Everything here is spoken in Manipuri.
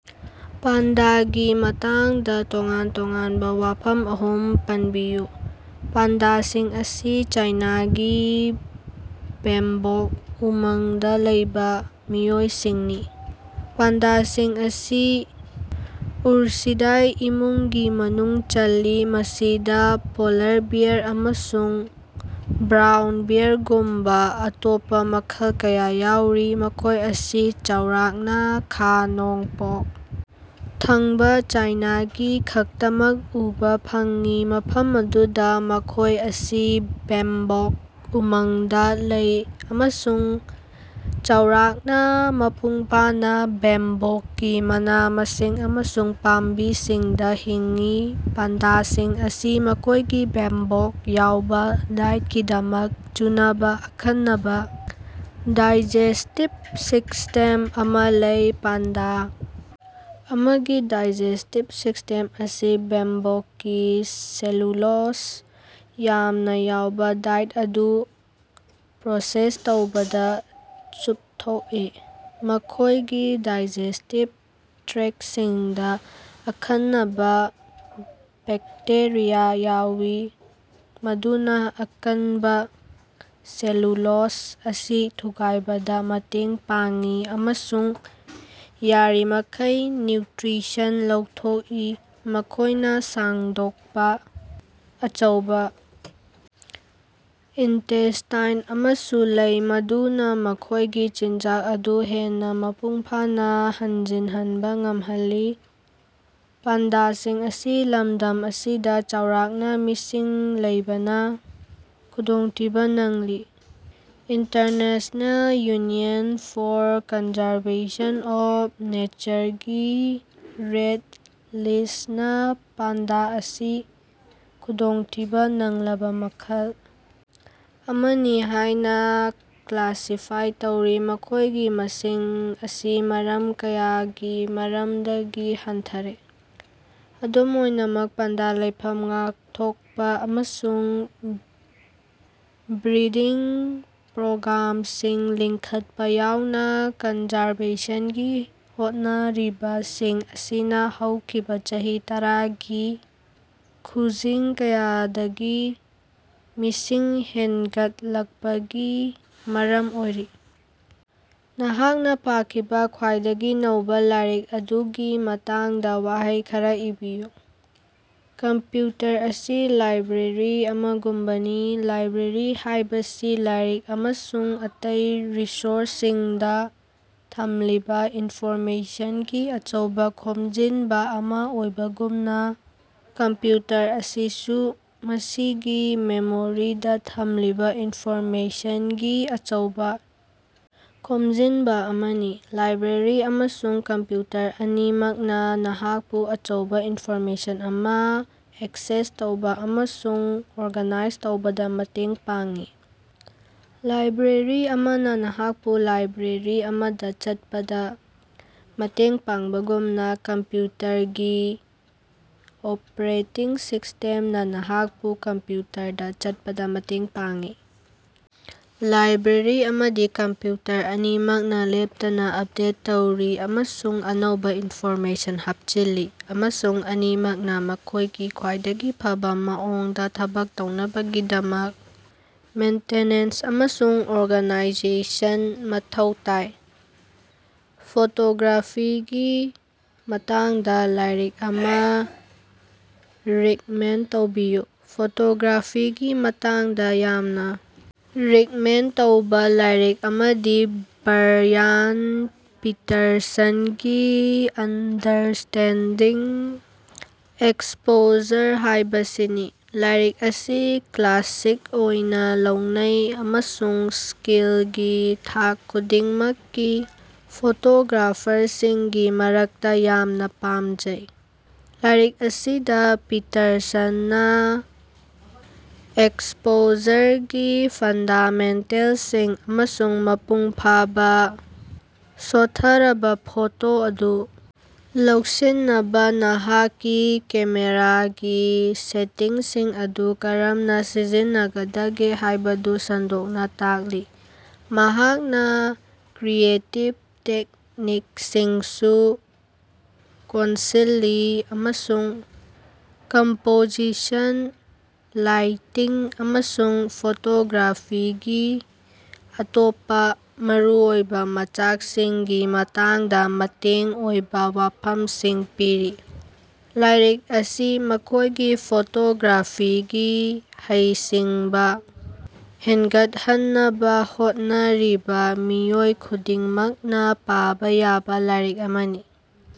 ꯄꯥꯟꯗꯥꯒꯤ ꯃꯇꯥꯡꯗꯥ ꯇꯣꯉꯥꯟ-ꯇꯣꯉꯥꯟꯕꯥ ꯋꯥꯐꯝ ꯑꯍꯨꯝ ꯄꯟꯕꯤꯌꯨ꯫ ꯄꯥꯟꯗꯥꯁꯤꯡ ꯑꯁꯤ ꯆꯥꯏꯅꯥꯒꯤ ꯕꯦꯝꯕꯣꯛ ꯎꯃꯪꯗꯥ ꯂꯩꯕꯥ ꯃꯤꯑꯣꯏꯁꯤꯡꯅꯤ꯫ ꯄꯥꯟꯗꯥꯁꯤꯡ ꯑꯁꯤ ꯎꯔꯁꯤꯗꯥꯏ ꯏꯃꯨꯡꯒꯤ ꯃꯅꯨꯡ ꯆꯜꯂꯤ, ꯃꯁꯤꯗꯥ ꯄꯣꯂꯥꯔ ꯕꯦꯌꯥꯔ ꯑꯃꯁꯨꯡ ꯕ꯭ꯔꯥꯎꯟ ꯕꯦꯌꯔꯒꯨꯝꯕꯥ ꯑꯇꯣꯞꯄꯥ ꯃꯈꯜ ꯀꯌꯥ ꯌꯥꯎꯔꯤ꯫ ꯃꯈꯣꯏ ꯑꯁꯤ ꯆꯥꯎꯔꯥꯛꯅꯥ ꯈꯥ-ꯅꯣꯡꯄꯣꯛ ꯊꯪꯕꯥ ꯆꯥꯏꯅꯥꯗ ꯈꯛꯇꯃꯛ ꯎꯕꯥ ꯐꯪꯏ ꯃꯐꯝ ꯑꯗꯨꯗꯥ ꯃꯈꯣꯏ ꯑꯁꯤ ꯕꯦꯝꯕꯣꯛ ꯎꯃꯪꯗꯥ ꯂꯩ ꯑꯃꯁꯨꯡ ꯆꯥꯎꯔꯥꯛꯅꯥ ꯃꯄꯨꯡꯐꯥꯅꯥ ꯕꯦꯝꯕꯣꯛꯀꯤ ꯃꯅꯥ-ꯃꯁꯤꯡ ꯑꯃꯁꯨꯡ ꯄꯥꯝꯕꯤꯁꯤꯡꯗꯥ ꯍꯤꯡꯏ꯫ ꯄꯥꯟꯗꯥꯁꯤꯡ ꯑꯁꯤ ꯃꯈꯣꯏꯒꯤ ꯕꯦꯝꯕꯣꯛ ꯌꯥꯎꯕꯥ ꯗꯥꯏꯠꯀꯤꯗꯃꯛ ꯆꯨꯅꯕꯥ ꯑꯈꯟꯅꯕꯥ ꯗꯥꯏꯖꯦꯁꯇꯤꯞ ꯁꯤꯁꯇꯦꯝ ꯑꯃꯥ ꯂꯩ꯫ ꯄꯥꯟꯗꯥ ꯑꯃꯒꯤ ꯗꯥꯏꯖꯦꯁꯇꯤꯞ ꯁꯤꯁꯇꯦꯝ ꯑꯁꯤ ꯕꯦꯝꯕꯣꯛꯀꯤ ꯁꯦꯂꯨꯂꯣꯖ ꯌꯥꯝꯅꯥ ꯌꯥꯎꯕꯥ ꯗꯥꯏꯠ ꯑꯗꯨ ꯄ꯭ꯔꯣꯁꯦꯁ ꯇꯧꯕꯗꯥ ꯆꯨꯝꯊꯣꯛꯏ꯫ ꯃꯈꯣꯏꯒꯤ ꯗꯥꯏꯖꯦꯁꯇꯤꯞ ꯇ꯭ꯔꯦꯛꯁꯤꯡꯗꯥ ꯑꯈꯟꯅꯕꯥ ꯕꯦꯛꯇꯦꯔꯤꯌꯥ ꯌꯥꯎꯏ ꯃꯗꯨꯅꯥ ꯑꯀꯟꯕꯥ ꯁꯦꯂꯨꯂꯣꯖ ꯑꯁꯤ ꯊꯨꯒꯥꯏꯕꯗꯥ ꯃꯇꯦꯡ ꯄꯥꯡꯏ ꯑꯃꯁꯨꯡ ꯌꯥꯔꯤꯕꯃꯈꯩ ꯅ꯭ꯌꯨꯇ꯭ꯔꯤꯁꯟ ꯂꯧꯊꯣꯛꯏ꯫ ꯃꯈꯣꯏꯗꯥ ꯁꯥꯡꯗꯣꯛꯄꯥ ꯑꯆꯧꯕꯥ ꯏꯟꯇꯦꯁꯇꯥꯏꯟ ꯑꯃꯁꯨ ꯂꯩ, ꯃꯗꯨꯅꯥ ꯃꯈꯣꯏꯒꯤ ꯆꯤꯟꯖꯥꯛ ꯑꯗꯨ ꯍꯦꯟꯅꯥ ꯃꯄꯨꯡꯐꯥꯅꯥ ꯍꯟꯖꯤꯟꯍꯟꯕꯥ ꯉꯝꯍꯜꯂꯤ꯫ ꯄꯥꯟꯗꯥꯁꯤꯡ ꯑꯁꯤ ꯂꯝꯗꯝ ꯑꯁꯤꯗꯥ ꯆꯥꯎꯔꯥꯛꯅꯥ ꯃꯤꯁꯤꯡ ꯂꯩꯕꯅꯥ ꯈꯨꯗꯣꯡꯊꯤꯕꯥ ꯅꯪꯂꯤ꯫ International union for conservation of ꯅꯦꯆꯔꯒꯤ ꯔꯦꯠ ꯂꯤꯁꯅꯥ ꯄꯥꯟꯗꯥ ꯑꯁꯤ ꯈꯨꯗꯣꯡꯊꯤꯕꯥ ꯅꯪꯂꯕꯥ ꯃꯈꯜ ꯑꯃꯅꯤ ꯍꯥꯏꯅꯥ ꯀ꯭ꯂꯥꯁꯤꯐꯥꯏ ꯇꯧꯔꯤ, ꯃꯈꯣꯏꯒꯤ ꯃꯁꯤꯡ ꯑꯁꯤ ꯃꯔꯝ ꯀꯌꯥꯒꯤ ꯃꯔꯝꯗꯒꯤ ꯍꯟꯊꯔꯦ꯫ ꯑꯗꯨꯝ ꯑꯣꯏꯅꯃꯛ, ꯄꯥꯟꯗꯥ ꯂꯩꯐꯝ ꯉꯥꯛꯊꯣꯛꯄꯥ ꯑꯃꯁꯨꯡ ꯕ꯭ꯔꯤꯗꯤꯡ ꯄ꯭ꯔꯣꯒ꯭ꯔꯥꯝꯁꯤꯡ ꯂꯤꯡꯈꯠꯄꯥ ꯌꯥꯎꯅꯥ ꯀꯟꯖꯔꯕꯦꯁꯟꯒꯤ ꯍꯣꯠꯅꯔꯤꯕꯁꯤꯡ ꯑꯁꯤꯅꯥ ꯍꯧꯈꯤꯕꯥ ꯆꯍꯤ ꯇꯔꯥꯒꯤ ꯈꯨꯖꯤꯡ ꯀꯌꯥꯗꯒꯤ ꯃꯤꯁꯤꯡ ꯍꯦꯟꯒꯠꯂꯛꯄꯒꯤ ꯃꯔꯝ ꯑꯣꯏꯔꯤ꯫ ꯅꯍꯥꯛꯅꯥ ꯄꯥꯈꯤꯕꯥ ꯈ꯭ꯋꯥꯏꯗꯒꯤ ꯅꯧꯕꯥ ꯂꯥꯏꯔꯤꯛ ꯑꯗꯨꯒꯤ ꯃꯇꯥꯡꯗꯥ ꯋꯥꯍꯩ ꯈꯔꯥ ꯏꯕꯤꯌꯨ꯫ ꯀꯝꯄ꯭ꯌꯨꯇꯔ ꯑꯁꯤ ꯂꯥꯏꯕ꯭ꯔꯦꯔꯤ ꯑꯃꯒꯨꯝꯕꯅꯤ꯫ ꯂꯥꯏꯕ꯭ꯔꯦꯔꯤ ꯍꯥꯏꯕꯁꯤ ꯂꯥꯏꯔꯤꯛ ꯑꯃꯁꯨꯡ ꯑꯇꯩ ꯔꯤꯁꯣꯔꯁꯁꯤꯡꯗꯥ ꯊꯝꯂꯤꯕꯥ ꯏꯟꯐꯣꯔꯃꯦꯁꯟꯒꯤ ꯑꯆꯧꯕꯥ ꯈꯣꯝꯖꯤꯟꯕꯥ ꯑꯃꯥ ꯑꯣꯏꯕꯒꯨꯝꯅꯥ, ꯀꯝꯄ꯭ꯌꯨꯇꯔ ꯑꯁꯤꯁꯨ ꯃꯁꯤꯒꯤ ꯃꯦꯃꯣꯔꯤꯗꯥ ꯊꯝꯂꯤꯕꯥ ꯏꯟꯐꯣꯔꯃꯦꯁꯟꯒꯤ ꯑꯆꯧꯕꯥ ꯈꯣꯝꯖꯤꯟꯕꯥ ꯑꯃꯅꯤ꯫ ꯂꯥꯏꯕ꯭ꯔꯦꯔꯤ ꯑꯃꯁꯨꯡ ꯀꯝꯄ꯭ꯌꯨꯇꯔ ꯑꯅꯤꯃꯛꯅꯥ ꯅꯍꯥꯛꯄꯨ ꯑꯆꯧꯕꯥ ꯏꯟꯐꯣꯔꯃꯦꯁꯟ ꯑꯃꯥ ꯑꯦꯛꯁꯦꯁ ꯇꯧꯕꯥ ꯑꯃꯁꯨꯡ ꯑꯣꯔꯒꯥꯅꯥꯏꯖ ꯇꯧꯕꯗꯥ ꯃꯇꯦꯡ ꯄꯥꯡꯏ꯫ ꯂꯥꯏꯕ꯭ꯔꯦꯔꯤ ꯑꯃꯅꯥ ꯅꯍꯥꯛꯄꯨ ꯂꯥꯏꯕ꯭ꯔꯦꯔꯤ ꯑꯃꯗꯥ ꯆꯠꯄꯗꯥ ꯃꯇꯦꯡ ꯄꯥꯡꯕꯒꯨꯝꯅꯥ, ꯀꯝꯄ꯭ꯌꯨꯇꯔꯒꯤ ꯑꯣꯄꯔꯦꯇꯤꯡ ꯁꯤꯁꯇꯦꯝꯅꯥ ꯅꯍꯥꯛꯄꯨ ꯀꯝꯄ꯭ꯌꯨꯇꯔꯗꯥ ꯆꯠꯄꯗꯥ ꯃꯇꯦꯡ ꯄꯥꯡꯏ꯫ ꯂꯥꯏꯕ꯭ꯔꯦꯔꯤ ꯑꯃꯗꯤ ꯀꯝꯄ꯭ꯌꯨꯇꯔ ꯑꯅꯤꯃꯛꯅꯥ ꯂꯦꯞꯇꯅꯥ ꯑꯞꯗꯦꯠ ꯇꯧꯔꯤ ꯑꯃꯁꯨꯡ ꯑꯅꯧꯕꯥ ꯏꯟꯐꯣꯔꯃꯦꯁꯟ ꯍꯥꯞꯆꯤꯜꯂꯤ ꯑꯃꯁꯨꯡ ꯑꯅꯤꯃꯛꯅꯥ ꯃꯈꯣꯏꯒꯤ ꯈ꯭ꯋꯥꯏꯗꯒꯤ ꯐꯕꯥ ꯃꯑꯣꯡꯗꯥ ꯊꯕꯛ ꯇꯧꯅꯕꯒꯤꯗꯃꯛ ꯃꯦꯟꯇꯦꯅꯦꯟꯁ ꯑꯃꯁꯨꯡ ꯑꯣꯔꯒꯥꯅꯥꯏꯖꯦꯁꯟ ꯃꯊꯧ ꯇꯥꯏ꯫ ꯐꯣꯇꯣꯒ꯭ꯔꯥꯐꯤꯒꯤ ꯃꯇꯥꯡꯗꯥ ꯂꯥꯏꯔꯤꯛ ꯑꯃꯥ ꯔꯤꯛꯃꯦꯟ ꯇꯧꯕꯤꯌꯨ꯫ ꯐꯣꯇꯣꯒ꯭ꯔꯥꯐꯤꯒꯤ ꯃꯇꯥꯡꯗꯥ ꯌꯥꯝꯅꯥ ꯔꯤꯛꯃꯦꯟ ꯇꯧꯕꯥ ꯂꯥꯏꯔꯤꯛ ꯑꯃꯗꯤ ꯕ꯭ꯔꯌꯥꯟ ꯄꯤꯇꯔꯁꯟꯒꯤ ꯑꯟꯗꯔꯁ꯭ꯇꯦꯟꯗꯤꯡ ꯑꯦꯛꯁꯄꯣꯖꯔ ꯍꯥꯏꯕꯁꯤꯅꯤ꯫ ꯂꯥꯏꯔꯤꯛ ꯑꯁꯤ ꯀ꯭ꯂꯥꯁꯤꯛ ꯑꯣꯏꯅꯥ ꯂꯧꯅꯩ ꯑꯃꯁꯨꯡ ꯁ꯭ꯀꯤꯜꯒꯤ ꯊꯥꯛ ꯈꯨꯗꯤꯡꯃꯛꯀꯤ ꯐꯣꯇꯣꯒ꯭ꯔꯥꯐꯔꯁꯤꯡꯒꯤ ꯃꯔꯛꯇꯥ ꯌꯥꯝꯅꯥ ꯄꯥꯝꯅꯩ꯫ ꯂꯥꯏꯔꯤꯛ ꯑꯁꯤꯗꯥ ꯄꯤꯇꯔꯁꯟꯅꯥ ꯑꯦꯛꯁꯄꯣꯖꯔꯒꯤ ꯐꯟꯗꯥꯃꯦꯟꯇꯦꯜꯁꯤꯡ ꯑꯃꯁꯨꯡ ꯃꯄꯨꯡ ꯐꯥꯕꯥ ꯁꯣꯠꯊꯔꯕꯥ ꯐꯣꯇꯣ ꯑꯗꯨ ꯂꯧꯁꯤꯟꯅꯕꯥ ꯅꯍꯥꯛꯀꯤ ꯀꯦꯃꯦꯔꯥꯒꯤ ꯁꯦꯇꯤꯡꯁꯤꯡ ꯑꯗꯨ ꯀꯔꯝꯅꯥ ꯁꯤꯖꯤꯟꯅꯒꯗꯒꯦ ꯍꯥꯏꯕꯗꯨ ꯁꯟꯗꯣꯛꯅꯥ ꯇꯥꯛꯂꯤ꯫ ꯃꯍꯥꯛꯅꯥ ꯀ꯭ꯔꯤꯌꯦꯇꯤꯞ ꯇꯦꯛꯅꯤꯛꯁꯤꯡꯁꯨ ꯀꯣꯟꯁꯤꯜꯂꯤ ꯑꯃꯁꯨꯡ ꯀꯝꯄꯣꯖꯤꯁꯟ, ꯂꯥꯏꯇꯤꯡ ꯑꯃꯁꯨꯡ ꯐꯣꯇꯣꯒ꯭ꯔꯥꯐꯤꯒꯤ ꯑꯇꯣꯞꯄꯥ ꯃꯔꯨꯑꯣꯏꯕꯥ ꯃꯆꯥꯛꯁꯤꯡꯒꯤ ꯃꯇꯥꯡꯗꯥ ꯃꯇꯦꯡ ꯑꯣꯏꯕꯥ ꯋꯥꯐꯝꯁꯤꯡ ꯄꯤꯔꯤ꯫ ꯂꯥꯏꯔꯤꯛ ꯑꯁꯤ ꯃꯈꯣꯏꯒꯤ ꯐꯣꯇꯣꯒ꯭ꯔꯥꯐꯤꯒꯤ ꯍꯩꯁꯤꯡꯕꯥ ꯍꯦꯟꯒꯠꯍꯟꯅꯕꯥ ꯍꯣꯠꯅꯔꯤꯕꯥ ꯃꯤꯑꯣꯏ ꯈꯨꯗꯤꯡꯃꯛꯅꯥ ꯄꯥꯕꯥ ꯌꯥꯕꯥ ꯂꯥꯏꯔꯤꯛ ꯑꯃꯅꯤ꯫